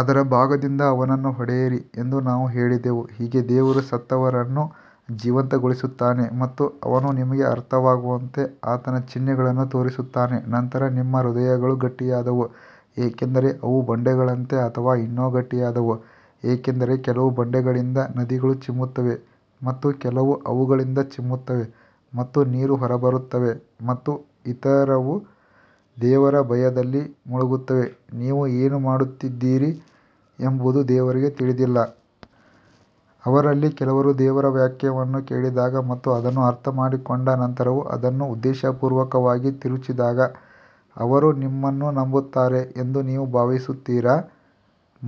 ಅದರ ಭಾಗದಿಂದ ಅವನನ್ನು ಹೊಡೆಯಿರಿ ಎಂದು ನಾವು ಹೇಳಿದೆವು ಹೀಗೆ ದೇವರು ಸತ್ತವರನ್ನು ಜೀವಂತಗೊಳಿಸುತ್ತಾನೆ ಮತ್ತು ಅವನು ನಿಮಗೆ ಅರ್ಥವಾಗುವಂತೆ ಆತನ ಚಿಹ್ನೆಗಳನ್ನು ತೋರಿಸುತ್ತಾನೆ ನಂತರ ನಿಮ್ಮ ಹೃದಯಗಳು ಗಟ್ಟಿಯಾದವು, ಏಕೆಂದರೆ ಅವು ಬಂಡೆಗಳಂತೆ ಅಥವಾ ಇನ್ನೂ ಗಟ್ಟಿಯಾದವು ಏಕೆಂದರೆ ಕೆಲವು ಬಂಡೆಗಳಿಂದ ನದಿಗಳು ಚಿಮ್ಮುತ್ತವೆ ಮತ್ತು ಕೆಲವು ಅವುಗಳಿಂದ ಚಿಮ್ಮುತ್ತವೆ ಮತ್ತು ನೀರು ಹೊರಬರುತ್ತವೆ ಮತ್ತು ಇತರವು ದೇವರ ಭಯದಲ್ಲಿ ಮುಳುಗುತ್ತವೆ, ನೀವು ಏನು ಮಾಡುತ್ತಿದ್ದೀರಿ ಎಂಬುದು ದೇವರಿಗೆ ತಿಳಿದಿಲ್ಲ. ಅವರಲ್ಲಿ ಕೆಲವರು ದೇವರ ವಾಕ್ಯವನ್ನು ಕೇಳಿದಾಗ ಮತ್ತು ಅದನ್ನು ಅರ್ಥಮಾಡಿಕೊಂಡ ನಂತರವೂ ಅದನ್ನು ಉದ್ದೇಶಪೂರ್ವಕವಾಗಿ ತಿರುಚಿದಾಗ ಅವರು ನಿಮ್ಮನ್ನು ನಂಬುತ್ತಾರೆ ಎಂದು ನೀವು ಭಾವಿಸುತ್ತೀರಾ?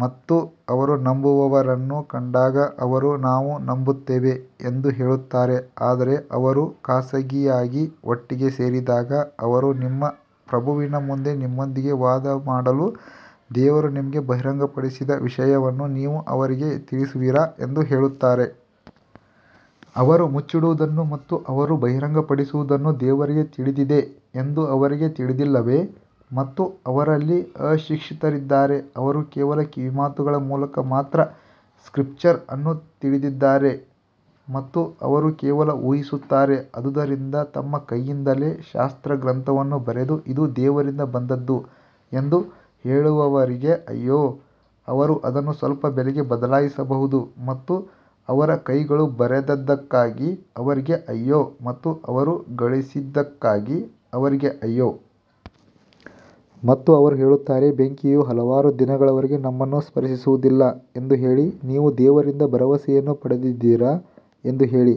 ಮತ್ತು ಅವರು ನಂಬುವವರನ್ನು ಕಂಡಾಗ ಅವರು ನಾವು ನಂಬುತ್ತೇವೆ ಎಂದು ಹೇಳುತ್ತಾರೆ ಆದರೆ ಅವರು ಖಾಸಗಿಯಾಗಿ ಒಟ್ಟಿಗೆ ಸೇರಿದಾಗ ಅವರು ನಿಮ್ಮ ಪ್ರಭುವಿನ ಮುಂದೆ ನಿಮ್ಮೊಂದಿಗೆ ವಾದಮಾಡಲು ದೇವರು ನಿಮಗೆ ಬಹಿರಂಗಪಡಿಸಿದ ವಿಷಯವನ್ನು ನೀವು ಅವರಿಗೆ ತಿಳಿಸುವಿರಾ ಎಂದು ಹೇಳುತ್ತಾರೆ. ಅವರು ಮುಚ್ಚಿಡುವುದನ್ನು ಮತ್ತು ಅವರು ಬಹಿರಂಗಪಡಿಸುವುದನ್ನು ದೇವರಿಗೆ ತಿಳಿದಿದೆ ಎಂದು ಅವರಿಗೆ ತಿಳಿದಿಲ್ಲವೇ? ಮತ್ತು ಅವರಲ್ಲಿ ಅಶಿಕ್ಷಿತರಿದ್ದಾರೆ, ಅವರು ಕೇವಲ ಕಿವಿಮಾತುಗಳ ಮೂಲಕ ಮಾತ್ರ ಸ್ಕ್ರಿಪ್ಚರ್ ಅನ್ನು ತಿಳಿದಿದ್ದಾರೆ ಮತ್ತು ಅವರು ಕೇವಲ ಊಹಿಸುತ್ತಾರೆ ಆದುದರಿಂದ ತಮ್ಮ ಕೈಯಿಂದಲೇ ಶಾಸ್ತ್ರಗ್ರಂಥವನ್ನು ಬರೆದು ಇದು ದೇವರಿಂದ ಬಂದದ್ದು ಎಂದು ಹೇಳುವವರಿಗೆ ಅಯ್ಯೋ, ಅವರು ಅದನ್ನು ಸ್ವಲ್ಪ ಬೆಲೆಗೆ ಬದಲಾಯಿಸಬಹುದು ಮತ್ತು ಅವರ ಕೈಗಳು ಬರೆದದ್ದಕ್ಕಾಗಿ ಅವರಿಗೆ ಅಯ್ಯೋ ಮತ್ತು ಅವರು ಗಳಿಸಿದ್ದಕ್ಕಾಗಿ ಅವರಿಗೆ ಅಯ್ಯೋ. ಮತ್ತು ಅವರು ಹೇಳುತ್ತಾರೆ ಬೆಂಕಿಯು ಹಲವಾರು ದಿನಗಳವರೆಗೆ ನಮ್ಮನ್ನು ಸ್ಪರ್ಶಿಸುವುದಿಲ್ಲ ಎಂದು ಹೇಳಿ, ನೀವು ದೇವರಿಂದ ಭರವಸೆಯನ್ನು ಪಡೆದಿದ್ದೀರಾ ಎಂದು ಹೇಳಿ,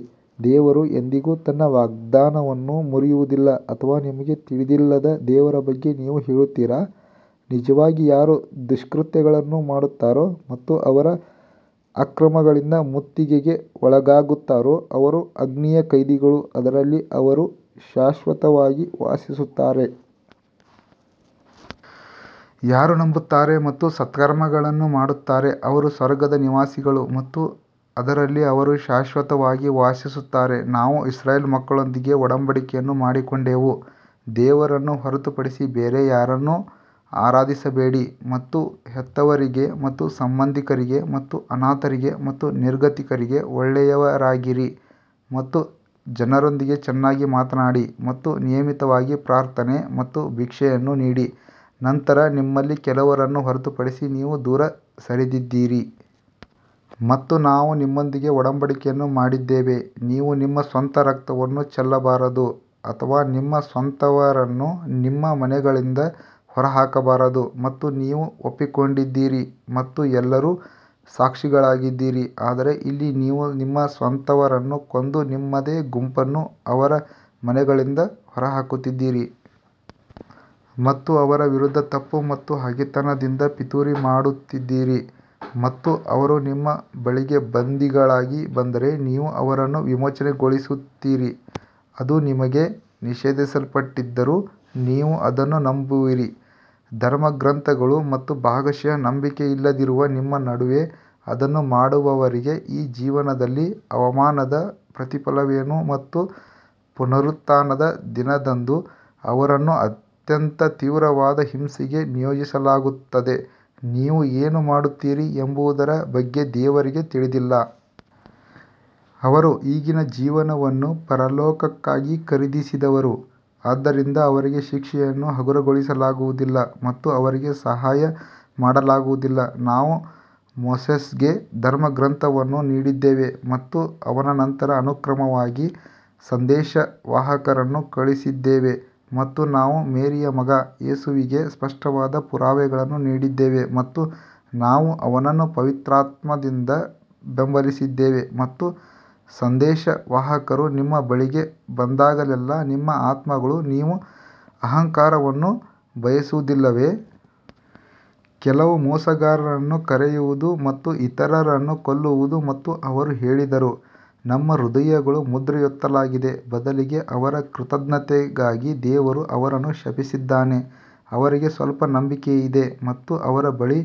ದೇವರು ಎಂದಿಗೂ ತನ್ನ ವಾಗ್ದಾನವನ್ನು ಮುರಿಯುವುದಿಲ್ಲ ಅಥವಾ ನಿಮಗೆ ತಿಳಿದಿಲ್ಲದ ದೇವರ ಬಗ್ಗೆ ನೀವು ಹೇಳುತ್ತೀರಾ? ನಿಜವಾಗಿ ಯಾರು ದುಷ್ಕೃತ್ಯಗಳನ್ನು ಮಾಡುತ್ತಾರೋ ಮತ್ತು ಅವರ ಅಕ್ರಮಗಳಿಂದ ಮುತ್ತಿಗೆಗೆ ಒಳಗಾಗುತ್ತಾರೋ ಅವರು ಅಗ್ನಿಯ ಕೈದಿಗಳು ಅದರಲ್ಲಿ ಅವರು ಶಾಶ್ವತವಾಗಿ ವಾಸಿಸುತ್ತಾರೆ. ಯಾರು ನಂಬುತ್ತಾರೆ ಮತ್ತು ಸತ್ಕರ್ಮಗಳನ್ನು ಮಾಡುತ್ತಾರೆ, ಅವರು ಸ್ವರ್ಗದ ನಿವಾಸಿಗಳು ಮತ್ತು ಅದರಲ್ಲಿ ಅವರು ಶಾಶ್ವತವಾಗಿ ವಾಸಿಸುತ್ತಾರೆ. ನಾವು ಇಸ್ರಾಯೇಲ್ ಮಕ್ಕಳೊಂದಿಗೆ ಒಡಂಬಡಿಕೆಯನ್ನು ಮಾಡಿಕೊಂಡೆವು ದೇವರನ್ನು ಹೊರತುಪಡಿಸಿ ಬೇರೆ ಯಾರನ್ನೂ ಆರಾಧಿಸಬೇಡಿ ಮತ್ತು ಹೆತ್ತವರಿಗೆ ಮತ್ತು ಸಂಬಂಧಿಕರಿಗೆ ಮತ್ತು ಅನಾಥರಿಗೆ ಮತ್ತು ನಿರ್ಗತಿಕರಿಗೆ ಒಳ್ಳೆಯವರಾಗಿರಿ ಮತ್ತು ಜನರೊಂದಿಗೆ ಚೆನ್ನಾಗಿ ಮಾತನಾಡಿ ಮತ್ತು ನಿಯಮಿತವಾಗಿ ಪ್ರಾರ್ಥನೆ ಮತ್ತು ಭಿಕ್ಷೆಯನ್ನು ನೀಡಿ ನಂತರ ನಿಮ್ಮಲ್ಲಿ ಕೆಲವರನ್ನು ಹೊರತುಪಡಿಸಿ ನೀವು ದೂರ ಸರಿದಿದ್ದೀರಿ. ಮತ್ತು ನಾವು ನಿಮ್ಮೊಂದಿಗೆ ಒಡಂಬಡಿಕೆಯನ್ನು ಮಾಡಿದ್ದೇವೆ, ನೀವು ನಿಮ್ಮ ಸ್ವಂತ ರಕ್ತವನ್ನು ಚೆಲ್ಲಬಾರದು ಅಥವಾ ನಿಮ್ಮ ಸ್ವಂತವರನ್ನು ನಿಮ್ಮ ಮನೆಗಳಿಂದ ಹೊರಹಾಕಬಾರದು ಮತ್ತು ನೀವು ಒಪ್ಪಿಕೊಂಡಿದ್ದೀರಿ ಮತ್ತು ಎಲ್ಲರೂ ಸಾಕ್ಷಿಗಳಾಗಿದ್ದೀರಿ. ಆದರೆ ಇಲ್ಲಿ ನೀವು ನಿಮ್ಮ ಸ್ವಂತವರನ್ನು ಕೊಂದು ನಿಮ್ಮದೇ ಗುಂಪನ್ನು ಅವರ ಮನೆಗಳಿಂದ ಹೊರಹಾಕುತ್ತಿದ್ದೀರಿ ಮತ್ತು ಅವರ ವಿರುದ್ಧ ತಪ್ಪು ಮತ್ತು ಹಗೆತನದಿಂದ ಪಿತೂರಿ ಮಾಡುತ್ತಿದ್ದೀರಿ ಮತ್ತು ಅವರು ನಿಮ್ಮ ಬಳಿಗೆ ಬಂದಿಗಳಾಗಿ ಬಂದರೆ ನೀವು ಅವರನ್ನು ವಿಮೋಚನೆಗೊಳಿಸುತ್ತೀರಿ ಅದು ನಿಮಗೆ ನಿಷೇಧಿಸಲ್ಪಟ್ಟಿದ್ದರೂ ನೀವು ಅದನ್ನು ನಂಬುವಿರಿ ಧರ್ಮಗ್ರಂಥಗಳು ಮತ್ತು ಭಾಗಶಃ ನಂಬಿಕೆಯಿಲ್ಲದಿರುವ ನಿಮ್ಮ ನಡುವೆ ಅದನ್ನು ಮಾಡುವವರಿಗೆ ಈ ಜೀವನದಲ್ಲಿ ಅವಮಾನದ ಪ್ರತಿಫಲವೇನು ಮತ್ತು ಪುನರುತ್ಥಾನದ ದಿನದಂದು ಅವರನ್ನು ಅತ್ಯಂತ ತೀವ್ರವಾದ ಹಿಂಸೆಗೆ ನಿಯೋಜಿಸಲಾಗುತ್ತದೆ ನೀವು ಏನು ಮಾಡುತ್ತೀರಿ ಎಂಬುದರ ಬಗ್ಗೆ ದೇವರಿಗೆ ತಿಳಿದಿಲ್ಲ. ಅವರು ಈಗಿನ ಜೀವನವನ್ನು ಪರಲೋಕಕ್ಕಾಗಿ ಖರೀದಿಸಿದವರು, ಆದ್ದರಿಂದ ಅವರಿಗೆ ಶಿಕ್ಷೆಯನ್ನು ಹಗುರಗೊಳಿಸಲಾಗುವುದಿಲ್ಲ ಮತ್ತು ಅವರಿಗೆ ಸಹಾಯ ಮಾಡಲಾಗುವುದಿಲ್ಲ ನಾವು ಮೋಸೆಸ್ಗೆ ಧರ್ಮಗ್ರಂಥವನ್ನು ನೀಡಿದ್ದೇವೆ ಮತ್ತು ಅವನ ನಂತರ ಅನುಕ್ರಮವಾಗಿ ಸಂದೇಶವಾಹಕರನ್ನು ಕಳುಹಿಸಿದ್ದೇವೆ ಮತ್ತು ನಾವು ಮೇರಿಯ ಮಗ ಯೇಸುವಿಗೆ ಸ್ಪಷ್ಟವಾದ ಪುರಾವೆಗಳನ್ನು ನೀಡಿದ್ದೇವೆ ಮತ್ತು ನಾವು ಅವನನ್ನು ಪವಿತ್ರಾತ್ಮದಿಂದ ಬೆಂಬಲಿಸಿದ್ದೇವೆ ಮತ್ತು ಸಂದೇಶವಾಹಕರು ನಿಮ್ಮ ಬಳಿಗೆ ಬಂದಾಗಲೆಲ್ಲಾ ನಿಮ್ಮ ಆತ್ಮಗಳು ನೀವು ಅಹಂಕಾರವನ್ನು ಬಯಸುವುದಿಲ್ಲವೇ? ಕೆಲವು ಮೋಸಗಾರರನ್ನು ಕರೆಯುವುದು ಮತ್ತು ಇತರರನ್ನು ಕೊಲ್ಲುವುದು ಮತ್ತು ಅವರು ಹೇಳಿದರು ನಮ್ಮ ಹೃದಯಗಳು ಮುದ್ರೆಯೊತ್ತಲಾಗಿದೆ ಬದಲಿಗೆ ಅವರ ಕೃತಘ್ನತೆಗಾಗಿ ದೇವರು ಅವರನ್ನು ಶಪಿಸಿದ್ದಾನೆ ಅವರಿಗೆ ಸ್ವಲ್ಪ ನಂಬಿಕೆ ಇದೆ ಮತ್ತು ಅವರ ಬಳಿ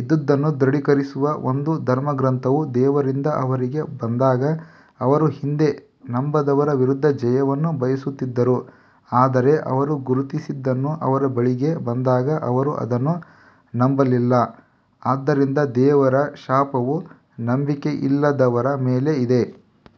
ಇದ್ದುದನ್ನು ದೃಢೀಕರಿಸುವ ಒಂದು ಧರ್ಮಗ್ರಂಥವು ದೇವರಿಂದ ಅವರಿಗೆ ಬಂದಾಗ ಅವರು ಹಿಂದೆ ನಂಬದವರ ವಿರುದ್ಧ ಜಯವನ್ನು ಬಯಸುತ್ತಿದ್ದರೂ, ಆದರೆ ಅವರು ಗುರುತಿಸಿದ್ದನ್ನು ಅವರ ಬಳಿಗೆ ಬಂದಾಗ ಅವರು ಅದನ್ನು ನಂಬಲಿಲ್ಲ ಆದ್ದರಿಂದ ದೇವರ ಶಾಪವು ನಂಬಿಕೆಯಿಲ್ಲದವರ ಮೇಲೆ ಇದೆ.